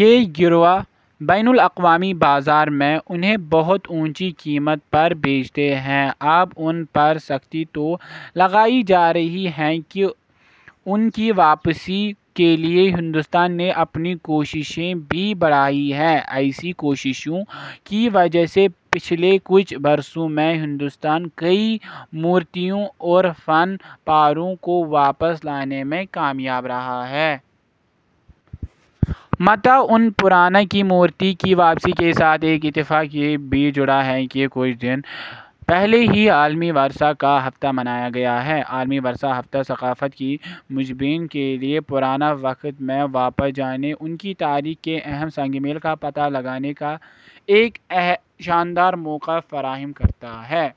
یہ گروہ بین الاقوامی بازار میں، انہیں بہت اونچی قیمت پر بیچتے ہیں۔ اب ان پر سختی تو لگائی جارہی ہے ان کی واپسی کیلئے ہندوستان نے اپنی کوششیں بھی بڑھائی ہیں۔ ایسی کوششوں کی وجہ سے پچھلے کچھ برسوں میں ہندوستان کئی مورتیوں اور فن پاروں کو واپس لانے میں کامیاب رہا ہے۔ ماتا انّ پورنا کی مورتی کی واپسی کے سا تھ، ایک اتفاق یہ بھی جڑا ہے کہ کچھ دن پہلے ہی عالمی ورثہ کا ہفتہ منایا گیا ہے۔ عالمی ورثہ ہفتہ، ثقافت کے محبین کیلئے، پرانے وقت میں واپس جانے، ان کی تاریخ کے اہم سنگ میل کا پتہ لگانے کا ایک شاندار موقع فراہم کرتا ہے۔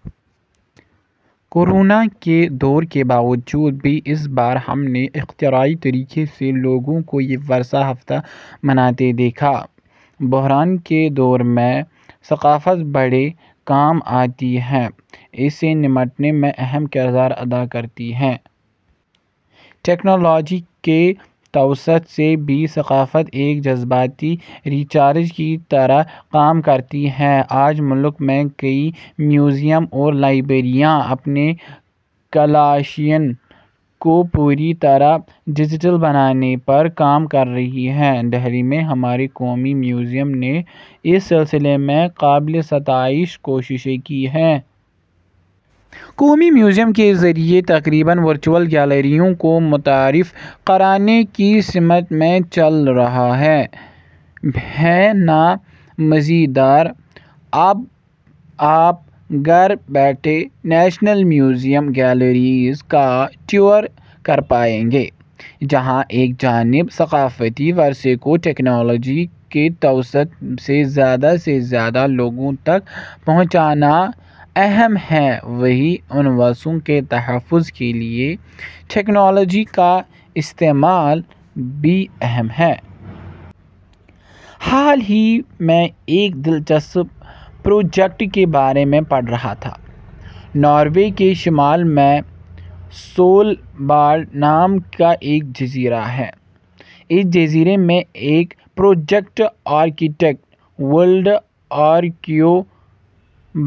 کورونا کے دور کے باوجود بھی اس بار ہم نے اختراعی طریقے سے لوگوں کو یہ ورثہ ہفتہ مناتے دیکھا۔ بحران کے دور میں ثقافت بڑے کام آتی ہے۔ اس سے نمٹنے میں اہم کردار ادا کرتی ہے۔ ٹیکنالوجی کے توسط سے بھی ثقافت ایک جذباتی ریچارج کی طرح کام کرتی ہے۔ آج ملک میں کئی میوزیم اور لائبریریاں اپنے کلیکشن کو پوری طرح ڈیجیٹل بنانے پر کام کررہی ہیں۔ دہلی میں ہمارے قومی میوزیم نے اس سلسلے میں قابل ستائش کوششیں کی ہیں۔ قومی میوزیم کے ذریعے تقریباً ورچوول گیلریوں کو متعارف کرانے کی سمت میں کام چل رہا ہے۔ ہے نا مزیدار! اب آپ گھر بیٹھے نیشنل میوزیم گیلریز کا ٹور کرپائیں گے، جہاں ایک جانب ثقافتی ورثے کو ٹیکنالوجی کے توسط سے زیادہ سے زیادہ لوگوں تک پہنچانا اہم ہے وہیں ان ورثوں کے تحفظ کیلئے ٹیکنالوجی کا استعمال بھی اہم ہے۔ حال ہی میں ایک دلچسپ پروجیکٹ کے بارے میں پڑھ رہا تھا، ناروے کے شمال میں سولباڈ نام کا ایک جزیرہ ہے ، اس جزیرے میں ایک پروجیکٹ آرکٹک ورلڈ آرکائیو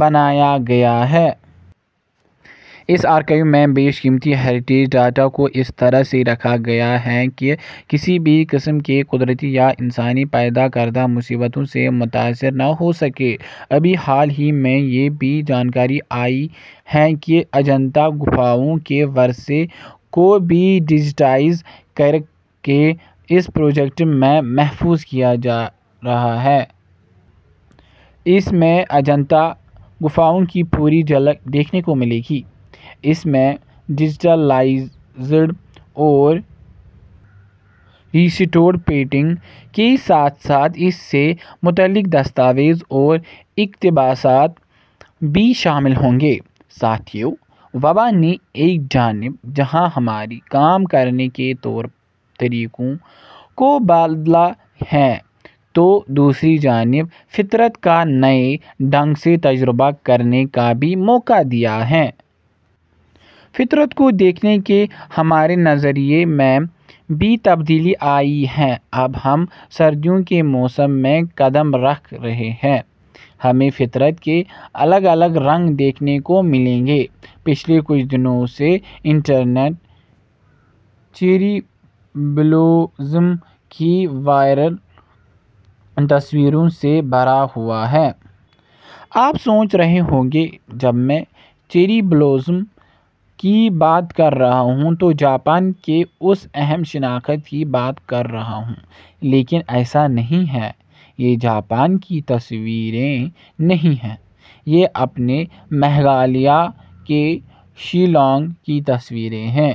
بنایا گیا ہے۔ اس آرکائیو میں بیش قیمتی ہیریٹیج ڈاٹا کو اس طرح سے رکھا گیا ہے کہ کسی بھی قسم کے قدرتی یا انسانی پیدا کردہ مصیبتوں سے متاثر نہ ہوسکیں۔ ابھی حال ہی میں یہ بھی جانکاری آئی ہے کہ اجنتا گپھاؤں کے ورثے کو بھی ڈیجیٹائز کرکے اس پروجیکٹ میں محفوظ کیا جارہا ہے۔ اس میں اجنتا گپھاؤں کی پوری جھلک دیکھنے کو ملے گی۔ اس میں ڈیجیٹلائزڈ اور ریسٹورڈ پینٹنگ کے ساتھ ساتھ اس سے متعلق دستاویز اور اقتباسات بھی شامل ہوں گے۔ ساتھیو، وبا نے ایک جانب جہاں ہمارے کام کرنے کے طور طریقوں کو بدلا ہے تو دوسری جانب فطرت کا نئے ڈھنگ سے تجربہ کرنے کا بھی موقع دیا ہے۔ فطرت کو دیکھنے کے ہمارے نظریے میں بھی تبدیلی آئی ہے۔ اب ہم سردیوں کے موسم میں قدم رکھ رہے ہیں، ہمیں فطرت کے الگ الگ رنگ دیکھنے کو ملیں گے۔ پچھلے کچھ دنوں سے انٹرنیٹ، چیری بلوزم کی وائرل تصویروں سے بھرا ہوا ہے۔ آپ سوچ رہے ہوں گے جب میں چیری بلوزم کی بات کررہا ہوں تو جاپان کے اس اہم شناخت کی بات کررہا ہوں۔ لیکن ایسا نہیں ہے۔ یہ جاپان کی تصویریں نہیں ہیں، یہ اپنے میگھالیہ کے شیلانگ کی تصویریں ہیں۔